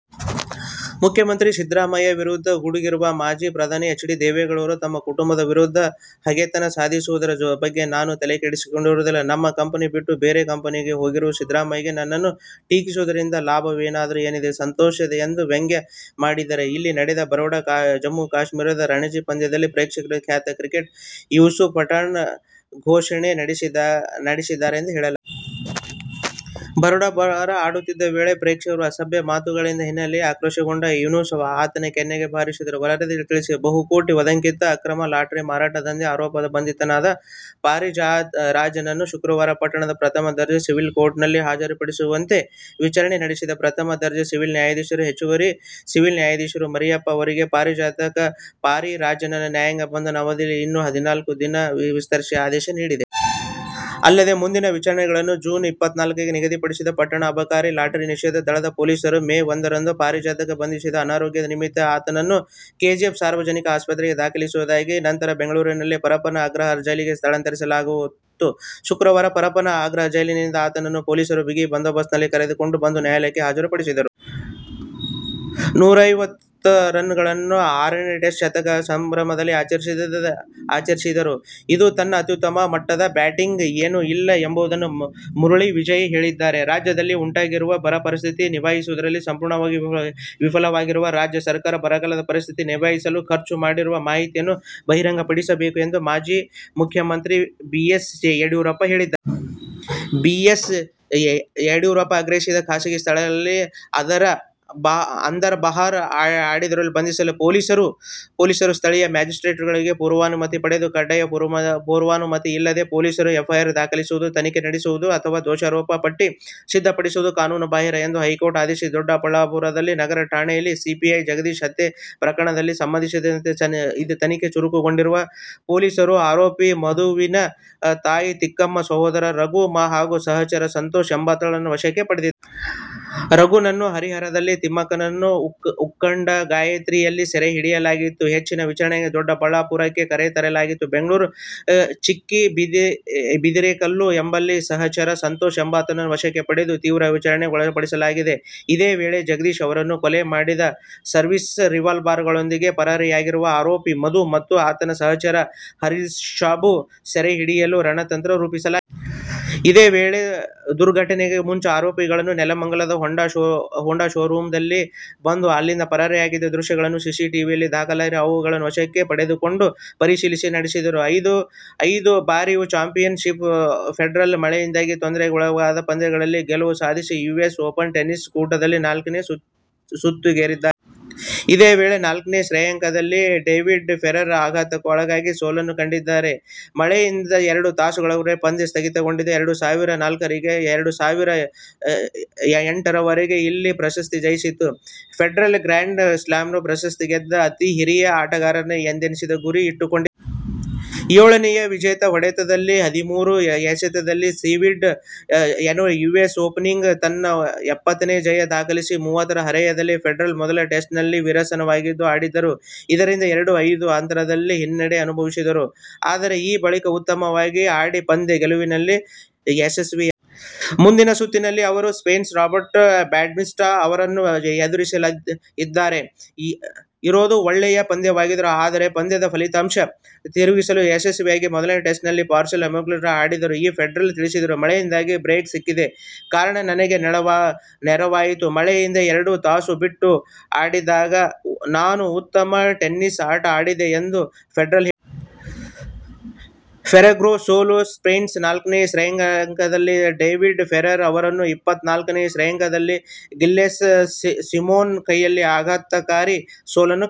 ಮುಖ್ಯಮಂತ್ರಿ ಸಿದ್ದರಾಮಯ್ಯ ವಿರುದ್ಧ ಗುಡುಗಿರುವ ಮಾಜಿ ಪ್ರಧಾನಿ ಎಚ್. ಡಿ. ದೇವೇಗೌಡ, ನಮ್ಮ ಕುಟುಂಬದ ವಿರುದ್ಧ ಹಗೆತನ ಸಾಧಿಸುವವರ ಬಗ್ಗೆ ನಾನು ತಲೆಕೆಡಿಸಿಕೊಳ್ಳುವುದಿಲ್ಲ. ನಮ್ಮ ಕಂಪನಿ ಬಿಟ್ಟು ಬೇರೆ ಕಂಪನಿಗೆ ಹೋಗಿರುವ ಸಿದ್ದರಾಮಯ್ಯಗೆ ನನ್ನನ್ನು ಟೀಕಿಸುವುದರಿಂದ ಲಾಭವಾಗುವುದಾದರೆ ಸಂತೋಷ ಎಂದು ವ್ಯಂಗ್ಯ ಮಾಡಿದ್ದಾರೆ. ಇಲ್ಲಿ ನಡೆದ ಬರೋಡಾ-ಜಮ್ಮುಕಾಶ್ಮೀರ ರಣಜಿ ಪಂದ್ಯದಲ್ಲಿ ಪ್ರೇಕ್ಷಕರೊಂದಿಗೆ ಖ್ಯಾತ ಕ್ರಿಕೆಟಿಗ ಯೂಸುಫ್ ಪಠಾಣ್ ಘರ್ಷಣೆ ನಡೆಸಿದ್ದಾರೆಂದು ಹೇಳಲಾಗಿದೆ. ಬರೋಡಾ ಪರ ಆಡುತ್ತಿದ್ದ ವೇಳೆ ಪ್ರೇಕ್ಷಕನೊಬ್ಬ ಅಸಭ್ಯ ಮಾತುಗಳನ್ನಾಡಿದ ಹಿನ್ನೆಲೆಯಲ್ಲಿ ಆಕ್ರೋಶಗೊಂಡ ಯೂಸುಫ್ ಆತನ ಕೆನ್ನೆಗೆ ಬಾರಿಸಿದರು ಎಂದು ವರದಿಗಳು ತಿಳಿಸಿವೆ. ಬಹುಕೋಟಿ ಒಂದಂಕಿ ಅಕ್ರಮ ಲಾಟರಿ ಮಾರಾಟ ದಂಧೆ ಆರೋಪದಡಿ ಬಂಧಿತನಾಗಿರುವ ಪಾರಿರಾಜನ್ನನ್ನು ಶುಕ್ರವಾರ ಪಟ್ಟಣದ ಪ್ರಥಮ ದರ್ಜೆ ಸಿವಿಲ್ ನ್ಯಾಯಾಲಯಕ್ಕೆ ಹಾಜರುಪಡಿಸಲಾಯಿತು. ವಿಚಾರಣೆ ನಡೆಸಿದ ಪ್ರಥಮ ದರ್ಜೆ ಸಿವಿಲ್ ನ್ಯಾಯಾಲಯದ ಹೆಚ್ಚುವರಿ ಸಿವಿಲ್ ನ್ಯಾಯಾಧೀಶ ಮರಿಯಪ್ಪ ಅವರು, ಪಾರಿರಾಜನ್ನ ನ್ಯಾಯಾಂಗ ಬಂಧನದ ಅವಧಿಯನ್ನು ಇನ್ನೂ ಹದಿನಾಲ್ಕು ದಿನ ವಿಸ್ತರಿಸಿ, ಆದೇಶ ನೀಡಿದರು. ಅಲ್ಲದೆ, ಮುಂದಿನ ವಿಚಾರಣೆಯನ್ನು ಜೂನ್ ಇಪ್ಪತ್ತಾರಕ್ಕೆ ನಿಗದಿಪಡಿಸಿದರು. ಪಟ್ಟಣದ ಅಬಕಾರಿ ಮತ್ತು ಲಾಟರಿ ನಿಷೇಧ ದಳದ ಪೊಲೀಸರು ಮೇ ಒಂದರಂದು ಪಾರಿರಾಜನನ್ನು ಬಂಧಿಸಿದ್ದರು. ಅನಾರೋಗ್ಯದ ನಿಮಿತ್ತ ಆತನನ್ನು ಕೆಜಿಎಫ್ ಸಾರ್ವಜನಿಕ ಆಸ್ಪತ್ರೆಗೆ ದಾಖಲಿಸಲಾಗಿತ್ತು. ನಂತರ, ಬೆಂಗಳೂರಿನ ಪರಪ್ಪನ ಅಗ್ರಹಾರ ಜೈಲಿಗೆ ಸ್ಥಳಾಂತರಿಸಲಾಗಿತ್ತು. ಶುಕ್ರವಾರ ಪರಪ್ಪನ ಅಗ್ರಹಾರ ಜೈಲಿನಿಂದ ಆತನನ್ನು ಪೊಲೀಸ್ ಬಿಗಿ ಬಂದೋಬಸ್ತ್ನಲ್ಲಿ ಕರೆದುಕೊಂಡು ಬಂದು ನ್ಯಾಯಾಲಯಕ್ಕೆ ಹಾಜರು ಪಡಿಸಲಾಗಿತ್ತು. ನೂರೈವತ್ತು ರನ್ನುಗಳೊಂದಿಗೆ ಆರನೇ ಟೆಸ್ಟ್ ಶತಕದ ಸಂಭ್ರಮವನ್ನು ಆಚರಿಸಿದರೂ ಇದು ತನ್ನ ಅತ್ಯುತ್ತಮ ಮಟ್ಟದ ಬ್ಯಾಟಿಂಗ್ ಏನೂ ಅಲ್ಲ ಎಂಬುದಾಗಿ ಮುರಳಿ ವಿಜಯ್ ಹೇಳಿದ್ದಾರೆ. ರಾಜ್ಯದಲ್ಲಿ ಉಂಟಾಗಿರುವ ಬರ ಪರಿಸ್ಥಿತಿ ನಿಭಾಯಿಸುವಲ್ಲಿ ಸಂಪೂರ್ಣವಾಗಿ ವಿಫಲವಾಗಿರುವ ರಾಜ್ಯ ಸರ್ಕಾರ ಬರಗಾಲ ಪರಿಸ್ಥಿತಿ ನಿಭಾಯಿಸಲು ಖರ್ಚು ಮಾಡಿರುವ ಮಾಹಿತಿಯನ್ನು ಬಹಿರಂಗ ಪಡಿಸಬೇಕು ಎಂದು ಮಾಜಿ ಮುಖ್ಯಮಂತ್ರಿ ಬಿ. ಎಸ್. ಯಡಿಯೂರಪ್ಪ ಆಗ್ರಹಿಸಿದ್ದಾರೆ. ಖಾಸಗಿ ಸ್ಥಳಗಳಲ್ಲಿ ಅಂದರ್-ಬಾಹರ್ ಆಡಿದವರನ್ನು ಬಂಧಿಸಲು ಪೊಲೀಸರು ಸ್ಥಳೀಯ ಮ್ಯಾಜಿಸ್ಟ್ರೇಟ್ರಿಂದ ಪೂರ್ವಾನುಮತಿ ಪಡೆಯುವುದು ಕಡ್ಡಾಯ. ಪೂರ್ವಾನುಮತಿ ಇಲ್ಲದೆ ಪೊಲೀಸರು ಎಫ್ಐಆರ್ ದಾಖಲಿಸುವುದು, ತನಿಖೆ ನಡೆಸುವುದು ಅಥವಾ ದೋಷಾರೋಪ ಪಟ್ಟಿ ಸಿದ್ಧಪಡಿಸುವುದು ಕಾನೂನು ಬಾಹಿರ ಎಂದು ಹೈಕೋರ್ಟ್ ಆದೇಶಿಸಿದೆ. ದೊಡ್ಡಬಳ್ಳಾಪುರ ನಗರ ಠಾಣೆ ಪಿಎಸ್ಐ ಜಗದೀಶ್ ಹತ್ಯೆ ಪ್ರಕರಣಕ್ಕೆ ಸಂಬಂಧಿಸಿದಂತೆ ತನಿಖೆ ಚುರುಕುಗೊಳಿಸಿರುವ ಪೊಲೀಸರು ಆರೋಪಿ ಮಧುವಿನ ತಾಯಿ ತಿಮ್ಮಕ್ಕ, ಸಹೋದರ ರಘು ಹಾಗೂ ಸಹಚರ ಸಂತೋಷ್ ಎಂಬಾತನನ್ನು ವಶಕ್ಕೆ ಪಡೆದಿದ್ದಾರೆ. ರಘುನನ್ನು ಹರಿಹರದಲ್ಲಿ, ತಿಮ್ಮಕ್ಕನನ್ನು ಉಕ್ಕಡಗಾತ್ರಿಯಲ್ಲಿ ಸೆರೆ ಹಿಡಿಯಲಾಗಿದ್ದು, ಹೆಚ್ಚಿನ ವಿಚಾರಣೆಗಾಗಿ ದೊಡ್ಡಬಳ್ಳಾಪುರಕ್ಕೆ ಕರೆತರಲಾಗಿದೆ. ಬೆಂಗಳೂರಿನ ಚಿಕ್ಕಬಿದಿರೆಕಲ್ಲು ಎಂಬಲ್ಲಿ ಸಹಚರ ಸಂತೋಷ್ ಎಂಬಾತನನ್ನು ವಶಕ್ಕೆ ಪಡೆದು ತೀವ್ರ ವಿಚಾರಣೆ ಗೊಳಪಡಿಸಲಾಗಿದೆ. ಇದೇ ವೇಳೆ, ಜಗದೀಶ್ ಅವರನ್ನು ಕೊಲೆ ಮಾಡಿ ಸರ್ವೀಸ್ ರಿವಾಲ್ವರ್ನೊಂದಿಗೆ ಪರಾರಿಯಾಗಿರುವ ಆರೋಪಿ ಮಧು ಮತ್ತು ಆತನ ಸಚಹರ ಹರೀಶ್ಬಾಬು ಸೆರೆ ಹಿಡಿಯಲು ರಣತಂತ್ರ ರೂಪಿಸಲಾಗಿದೆ. ಇದೇ ವೇಳೆ, ದುರ್ಘಟನೆಗೂ ಮುಂಚೆ ಆರೋಪಿಗಳು ನೆಲಮಂಗಲದ ಹೊಂಡಾ ಶೋ ರೂಮ್ಗೆ ಬಂದು, ಅಲ್ಲಿಂದ ಪರಾರಿಯಾಗುತ್ತಿರುವ ದೃಶ್ಯಗಳು ಸಿಸಿಟಿವಿಯಲ್ಲಿ ದಾಖಲಾಗಿದ್ದು, ಅವುಗಳನ್ನು ಪೊಲೀಸರು ವಶಕ್ಕೆ ಪಡೆದು, ಪರಿಶೀಲನೆ ನಡೆಸುತ್ತಿದ್ದಾರೆ. ಐದು ಬಾರಿಯ ಚಾಂಪಿಯನ್ ರೋಜರ್ ಫೆಡರರ್ ಮಳೆಯಿಂದ ತೊಂದರೆಗೊಳಗಾದ ಪಂದ್ಯದಲ್ಲಿ ಗೆಲುವು ಸಾಧಿಸಿ ಯುಎಸ್ ಓಪನ್ ಟೆನ್ನಿಸ್ ಕೂಟದ ನಾಲ್ಕನೇ ಸುತ್ತಿಗೇರಿದ್ದಾರೆ. ಇದೇ ವೇಳೆ ನಾಲ್ಕನೇ ಶ್ರೇಯಾಂಕದ ಡೇವಿಡ್ ಫೆರರ್ ಆಘಾತಕಾರಿಯಾಗಿ ಸೋಲನ್ನು ಕಂಡಿದ್ದಾರೆ. ಮಳೆಯಿಂದ ಎರಡು ತಾಸುಗಳವರೆಗೆ ಪಂದ್ಯ ಸ್ಥಗಿತಗೊಂಡಿತ್ತು. ಎರಡು ಸಾವಿರದ ನಾಲ್ಕರಿಂದ ಎರಡು ಸಾವಿರದ ಎಂಟರವರೆಗೆ ಇಲ್ಲಿ ಪ್ರಶಸ್ತಿ ಜಯಿಸಿದ್ದ ಫೆಡರರ್ ಗ್ರ್ಯಾನ್ ಸ್ಲಾಮ್ ಪ್ರಶಸ್ತಿ ಗೆದ್ದ ಅತೀ ಹಿರಿಯ ಆಟಗಾರ ಎಂದೆನಿಸಿಕೊಳ್ಳುವ ಗುರಿ ಇಟ್ಟುಕೊಂಡಿದ್ದಾರೆ. ಐವತ್ತೇಳನೇ ವಿಜೇತ ಹೊಡೆಯ ಮತ್ತು ಹದಿಮೂರು ಏಸ್ ಸಿಡಿಸಿದ ಅವರು ಯುಎಸ್ ಓಪನ್ನಲ್ಲಿ ತನ್ನ ಎಪ್ಪತ್ತನೇ ಜಯ ದಾಖಲಿಸಿದರು. ಮೂವತ್ಮೂರರ ಹರೆಯದ ಫೆಡರರ್ ಮೊದಲ ಸೆಟ್ನಲ್ಲಿ ನೀರಸವಾಗಿ ಆಡಿದ್ದರು. ಇದರಿಂದಾಗಿ ಎರಡು-ಐದು ಅಂತರದಿಂದ ಹಿನ್ನಡೆ ಅನುಭವಿಸಿದ್ದರು. ಆದರೆ ಆ ಬಳಿಕ ಉತ್ತಮವಾಗಿ ಆಡಿ ಪಂದ್ಯ ಗೆಲ್ಲುವಲ್ಲಿ ಯಶಸ್ವಿಯಾದರು. ಮುಂದಿನ ಸುತ್ತಿನಲ್ಲಿ ಅವರು ಸ್ಪೇನ್ನ ರಾಬೆರ್ಟೊ ಬಾಟಿಸ್ಟಾ ಅವರನ್ನು ಎದುರಿಸಲಿದ್ದಾರೆ. ಇದೊಂದು ಒಳ್ಳೆಯ ಪಂದ್ಯವಾಗಿತ್ತು. ಆದರೆ ಪಂದ್ಯದ ಫಲಿತಾಂಶ ತಿರುಗಿಸಲು ಯಶಸ್ವಿಯಾದೆ. ಮೊದಲ ಸೆಟ್ನಲ್ಲಿ ಮಾರ್ಸೆಲ್ ಅಮೋಘವಾಗಿ ಆಡಿದ್ದರು ಎಂದು ಫೆಡರರ್ ತಿಳಿಸಿದರು. ಮಳೆಯಿಂದ ಬ್ರೇಕ್ ಸಿಕ್ಕಿದ ಕಾರಣ ನನಗೆ ನೆರವಾಯಿತು. ಮಳೆಯಿಂದ ಎರಡು ತಾಸು ಬಿಟ್ಟು ಆಡಿದಾಗ ನಾನು ಉತ್ತಮ ಟೆನಿಸ್ ಆಟ ಆಡಿದೆ ಎಂದು ಫೆಡರರ್ ಹೇಳಿದರು. ಫೆರರ್ಗೆ ಸೋಲು ಸ್ಪೇನ್ನ ನಾಲ್ಕನೇ ಶ್ರೇಯಾಂಕದ ಡೇವಿಡ್ ಫೆರರ್ ಅವರು ಇಪ್ಪತ್ತಾರನೇ ಶ್ರೇಯಾಂಕದ ಗಿಲ್ಲೆಸ್ ಸಿಮೋನ್ ಕೈಯಲ್ಲಿ ಆಘಾತಕಾರಿ ಸೋಲನ್ನು ಕಂಡಿದ್ದಾರೆ.